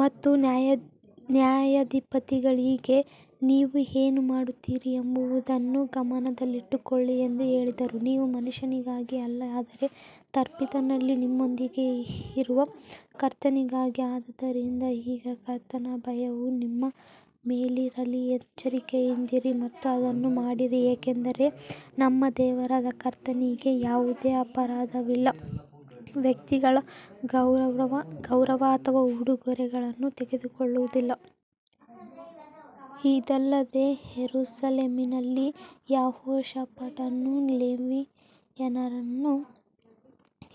ಮತ್ತು ನ್ಯಾಯಾಧಿಪತಿಗಳಿಗೆ ನೀವು ಏನು ಮಾಡುತ್ತೀರಿ ಎಂಬುದನ್ನು ಗಮನದಲ್ಲಿಟ್ಟುಕೊಳ್ಳಿ ಎಂದು ಹೇಳಿದರು, ನೀವು ಮನುಷ್ಯನಿಗಾಗಿ ಅಲ್ಲ, ಆದರೆ ತೀರ್ಪಿನಲ್ಲಿ ನಿಮ್ಮೊಂದಿಗೆ ಇರುವ ಕರ್ತನಿಗಾಗಿ. ಆದದರಿಂದ ಈಗ ಕರ್ತನ ಭಯವು ನಿಮ್ಮ ಮೇಲಿರಲಿ, ಎಚ್ಚರಿಕೆಯಿಂದಿರಿ ಮತ್ತು ಅದನ್ನು ಮಾಡಿರಿ ಏಕೆಂದರೆ ನಮ್ಮ ದೇವರಾದ ಕರ್ತನಿಗೆ ಯಾವುದೇ ಅಪರಾಧವಿಲ್ಲ, ವ್ಯಕ್ತಿಗಳ ಗೌರವ ಅಥವಾ ಉಡುಗೊರೆಗಳನ್ನು ತೆಗೆದುಕೊಳ್ಳುವುದಿಲ್ಲ. ಇದಲ್ಲದೆ ಯೆರೂಸಲೇಮಿನಲ್ಲಿ ಯೆಹೋಷಾಫಾಟನು ಲೇವಿಯರನ್ನು,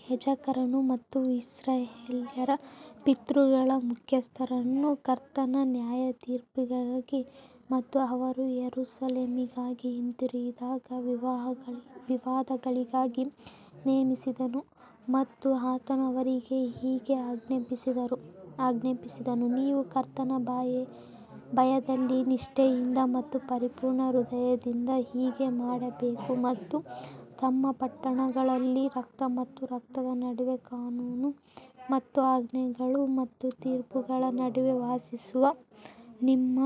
ಯಾಜಕರನ್ನು ಮತ್ತು ಇಸ್ರಾಯೇಲ್ಯರ ಪಿತೃಗಳ ಮುಖ್ಯಸ್ಥರನ್ನು ಕರ್ತನ ನ್ಯಾಯತೀರ್ಪಿಗಾಗಿ ಮತ್ತು ಅವರು ಯೆರೂಸಲೇಮಿಗೆ ಹಿಂದಿರುಗಿದಾಗ ವಿವಾದಗಳಿಗಾಗಿ ನೇಮಿಸಿದನು. ಮತ್ತು ಆತನು ಅವರಿಗೆ ಹೀಗೆ ಆಜ್ಞಾಪಿಸಿದನು, ನೀವು ಕರ್ತನ ಭಯದಲ್ಲಿ ನಿಷ್ಠೆಯಿಂದ ಮತ್ತು ಪರಿಪೂರ್ಣ ಹೃದಯದಿಂದ ಹೀಗೆ ಮಾಡಬೇಕು ಮತ್ತು ತಮ್ಮ ಪಟ್ಟಣಗಳಲ್ಲಿ ರಕ್ತ ಮತ್ತು ರಕ್ತದ ನಡುವೆ ಕಾನೂನು ಮತ್ತು ಆಜ್ಞೆಗಳು ಮತ್ತು ತೀರ್ಪುಗಳ ನಡುವೆ ವಾಸಿಸುವ ನಿಮ್ಮ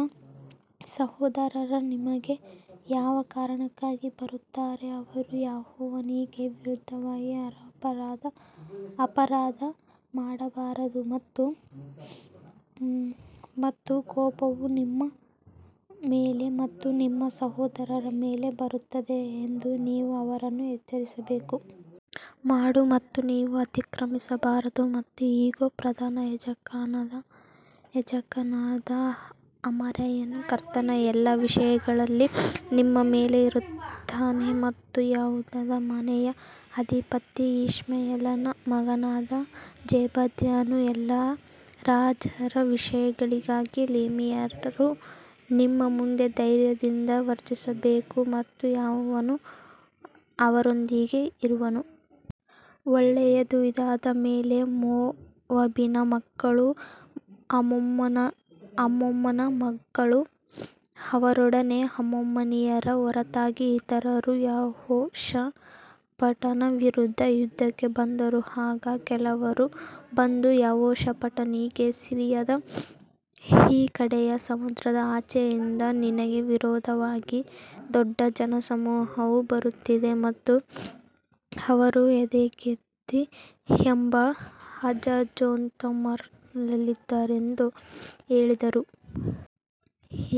ಸಹೋದರರು ನಿಮಗೆ ಯಾವ ಕಾರಣಕ್ಕಾಗಿ ಬರುತ್ತಾರೆ, ಅವರು ಯೆಹೋವನಿಗೆ ವಿರುದ್ಧವಾಗಿ ಅಪರಾಧ ಮಾಡಬಾರದು ಮತ್ತು ಕೋಪವು ನಿಮ್ಮ ಮೇಲೆ ಮತ್ತು ನಿಮ್ಮ ಸಹೋದರರ ಮೇಲೆ ಬರುತ್ತದೆ ಎಂದು ನೀವು ಅವರನ್ನು ಎಚ್ಚರಿಸಬೇಕು. ಮಾಡು ಮತ್ತು ನೀವು ಅತಿಕ್ರಮಿಸಬಾರದು ಮತ್ತು ಇಗೋ, ಪ್ರಧಾನ ಯಾಜಕನಾದ ಅಮರಯ್ಯನು ಕರ್ತನ ಎಲ್ಲಾ ವಿಷಯಗಳಲ್ಲಿ ನಿಮ್ಮ ಮೇಲೆ ಇರುತ್ತಾನೆ ಮತ್ತು ಯೆಹೂದದ ಮನೆಯ ಅಧಿಪತಿ ಇಷ್ಮಾಯೇಲನ ಮಗನಾದ ಜೆಬದ್ಯನು ಎಲ್ಲಾ ರಾಜರ ವಿಷಯಗಳಿಗಾಗಿ ಲೇವಿಯರು ನಿಮ್ಮ ಮುಂದೆ ಧೈರ್ಯದಿಂದ ವರ್ತಿಸಬೇಕು ಮತ್ತು ಯೆಹೋವನು ಅವರೊಂದಿಗೆ ಇರುವನು. ಒಳ್ಳೆಯದು ಇದಾದ ಮೇಲೆ ಮೋವಾಬಿನ ಮಕ್ಕಳೂ ಅಮ್ಮೋನನ ಮಕ್ಕಳೂ ಅವರೊಡನೆ ಅಮ್ಮೋನಿಯರ ಹೊರತಾಗಿ ಇತರರೂ ಯೆಹೋಷಾಫಾಟನ ವಿರುದ್ಧ ಯುದ್ಧಕ್ಕೆ ಬಂದರು. ಆಗ ಕೆಲವರು ಬಂದು ಯೆಹೋಷಾಫಾಟನಿಗೆ ಸಿರಿಯದ ಈ ಕಡೆಯ ಸಮುದ್ರದ ಆಚೆಯಿಂದ ನಿನಗೆ ವಿರೋಧವಾಗಿ ದೊಡ್ಡ ಜನಸಮೂಹವು ಬರುತ್ತಿದೆ ಮತ್ತು ಅವರು ಎಂಗೆದಿ ಎಂಬ ಹಜಾಜೊಂತಮಾರ್ನಲ್ಲಿದ್ದಾರೆಂದು ಹೇಳಿದರು.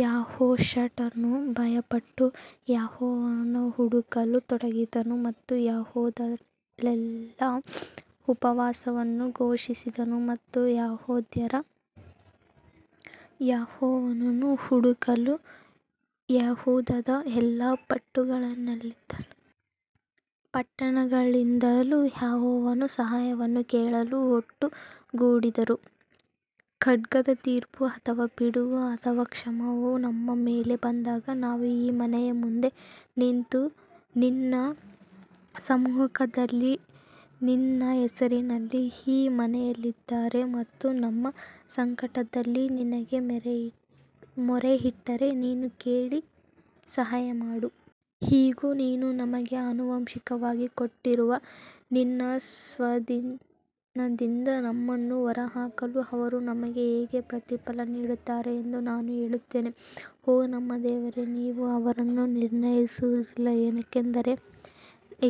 ಯೆಹೋಷಾಫಾಟನು ಭಯಪಟ್ಟು ಯೆಹೋವನನ್ನು ಹುಡುಕಲು ತೊಡಗಿದನು ಮತ್ತು ಯೆಹೂದದಲ್ಲೆಲ್ಲಾ ಉಪವಾಸವನ್ನು ಘೋಷಿಸಿದನು. ಮತ್ತು ಯೆಹೂದ್ಯರು ಯೆಹೋವನನ್ನು ಹುಡುಕಲು ಯೆಹೂದದ ಎಲ್ಲಾ ಪಟ್ಟಣಗಳಿಂದಲೂ ಯೆಹೋವನ ಸಹಾಯವನ್ನು ಕೇಳಲು ಒಟ್ಟುಗೂಡಿದರು. ಖಡ್ಗದ ತೀರ್ಪು ಅಥವಾ ಪಿಡುಗು ಅಥವಾ ಕ್ಷಾಮವು ನಮ್ಮ ಮೇಲೆ ಬಂದಾಗ ನಾವು ಈ ಮನೆಯ ಮುಂದೆ ನಿಂತು ನಿನ್ನ ಸಮ್ಮುಖದಲ್ಲಿ ನಿನ್ನ ಹೆಸರಿನಲ್ಲಿ ಈ ಮನೆಯಲ್ಲಿದ್ದರೆ ಮತ್ತು ನಮ್ಮ ಸಂಕಟದಲ್ಲಿ ನಿನಗೆ ಮೊರೆಯಿಟ್ಟರೆ ನೀನು ಕೇಳಿ ಸಹಾಯ ಮಾಡು. ಇಗೋ, ನೀನು ನಮಗೆ ಆನುವಂಶಿಕವಾಗಿ ಕೊಟ್ಟಿರುವ ನಿನ್ನ ಸ್ವಾಧೀನದಿಂದ ನಮ್ಮನ್ನು ಹೊರಹಾಕಲು ಅವರು ನಮಗೆ ಹೇಗೆ ಪ್ರತಿಫಲ ನೀಡುತ್ತಾರೆ ಎಂದು ನಾನು ಹೇಳುತ್ತೇನೆ. ಓ ನಮ್ಮ ದೇವರೇ ನೀವು ಅವರನ್ನು ನಿರ್ಣಯಿಸುವುದಿಲ್ಲ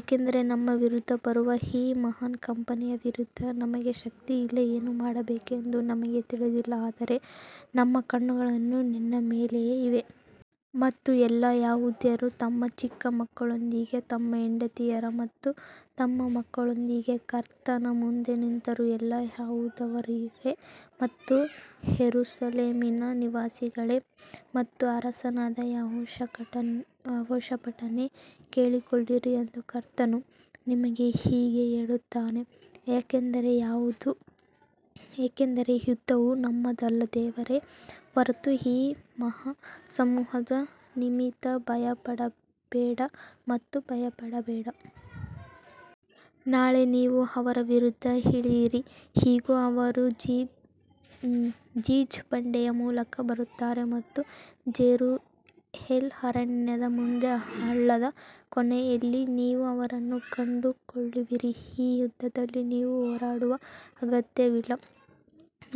ಏಕೆಂದರೆ ನಮ್ಮ ವಿರುದ್ಧ ಬರುವ ಈ ಮಹಾನ್ ಕಂಪನಿಯ ವಿರುದ್ಧ ನಮಗೆ ಶಕ್ತಿಯಿಲ್ಲ, ಏನು ಮಾಡಬೇಕೆಂದು ನಮಗೆ ತಿಳಿದಿಲ್ಲ ಆದರೆ ನಮ್ಮ ಕಣ್ಣುಗಳು ನಿನ್ನ ಮೇಲೆಯೇ ಇವೆ. ಮತ್ತು ಎಲ್ಲಾ ಯೆಹೂದ್ಯರು ತಮ್ಮ ಚಿಕ್ಕ ಮಕ್ಕಳೊಂದಿಗೆ ತಮ್ಮ ಹೆಂಡತಿಯರು ಮತ್ತು ತಮ್ಮ ಮಕ್ಕಳೊಂದಿಗೆ ಕರ್ತನ ಮುಂದೆ ನಿಂತರು ಎಲ್ಲಾ ಯೆಹೂದದವರೇ ಮತ್ತು ಯೆರೂಸಲೇಮಿನ ನಿವಾಸಿಗಳೇ ಮತ್ತು ಅರಸನಾದ ಯೆಹೋಷಾಫಾಟನೇ ಕೇಳಿಕೊಳ್ಳಿರಿ ಎಂದು ಕರ್ತನು ನಿಮಗೆ ಹೀಗೆ ಹೇಳುತ್ತಾನೆ ಯಾಕಂದರೆ ಯುದ್ಧವು ನಿಮ್ಮದಲ್ಲ, ದೇವರೇ ಹೊರತು ಈ ಮಹಾ ಸಮೂಹದ ನಿಮಿತ್ತ ಭಯಪಡಬೇಡ ಮತ್ತು ಭಯಪಡಬೇಡ. ನಾಳೆ ನೀವು ಅವರ ವಿರುದ್ಧ ಇಳಿಯಿರಿ, ಇಗೋ ಅವರು ಜಿಜ್ ಬಂಡೆಯ ಮೂಲಕ ಬರುತ್ತಾರೆ ಮತ್ತು ಜೆರುಯೆಲ್ ಅರಣ್ಯದ ಮುಂದೆ ಹಳ್ಳದ ಕೊನೆಯಲ್ಲಿ ನೀವು ಅವರನ್ನು ಕಂಡುಕೊಳ್ಳುವಿರಿ ಈ ಯುದ್ಧದಲ್ಲಿ ನೀವು ಹೋರಾಡುವ ಅಗತ್ಯವಿಲ್ಲ,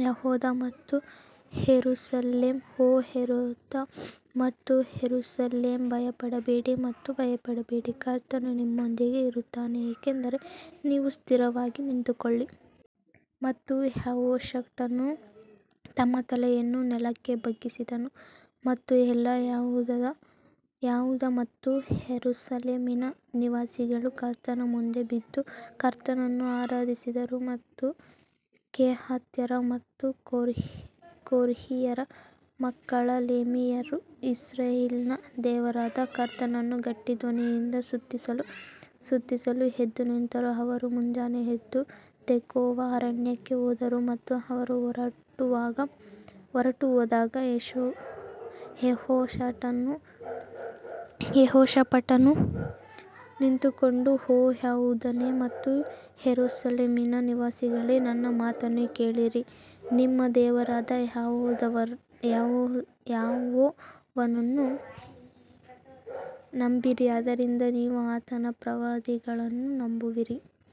ಯೆಹೂದ ಮತ್ತು ಯೆರೂಸಲೇಮ್, ಓ ಯೆಹೂದ ಮತ್ತು ಯೆರೂಸಲೇಮ್ ಭಯಪಡಬೇಡಿ ಮತ್ತು ಭಯಪಡಬೇಡಿ, ಕರ್ತನು ನಿಮ್ಮೊಂದಿಗೆ ಇರುತ್ತಾನೆ ಏಕೆಂದರೆ ನೀವು ಸ್ಥಿರವಾಗಿ ನಿಂತುಕೊಳ್ಳಿ. ಮತ್ತು ಯೆಹೋಷಾಫಾಟನು ತನ್ನ ತಲೆಯನ್ನು ನೆಲಕ್ಕೆ ಬಗ್ಗಿಸಿದನು ಮತ್ತು ಎಲ್ಲಾ ಯೆಹೂದ ಮತ್ತು ಯೆರೂಸಲೇಮಿನ ನಿವಾಸಿಗಳು ಕರ್ತನ ಮುಂದೆ ಬಿದ್ದು ಕರ್ತನನ್ನು ಆರಾಧಿಸಿದರು. ಮತ್ತು ಕೆಹಾತ್ಯರ ಮತ್ತು ಕೊರ್ಹಿಯರ ಮಕ್ಕಳ ಲೇವಿಯರು ಇಸ್ರಾಯೇಲಿನ ದೇವರಾದ ಕರ್ತನನ್ನು ಗಟ್ಟಿ ಧ್ವನಿಯಿಂದ ಸ್ತುತಿಸಲು ಎದ್ದು ನಿಂತರು. ಅವರು ಮುಂಜಾನೆ ಎದ್ದು ತೆಕೋವಾ ಅರಣ್ಯಕ್ಕೆ ಹೋದರು ಮತ್ತು ಅವರು ಹೊರಟುಹೋದಾಗ ಯೆಹೋಷಾಫಾಟನು ನಿಂತುಕೊಂಡು, ಓ ಯೆಹೂದನೇ ಮತ್ತು ಯೆರೂಸಲೇಮಿನ ನಿವಾಸಿಗಳೇ ನನ್ನ ಮಾತನ್ನು ಕೇಳಿರಿ, ನಿಮ್ಮ ದೇವರಾದ ಯೆಹೋವನನ್ನು ನಂಬಿರಿ, ಆದ್ದರಿಂದ ನೀವು ಆತನ ಪ್ರವಾದಿಗಳನ್ನು ನಂಬುವಿರಿ.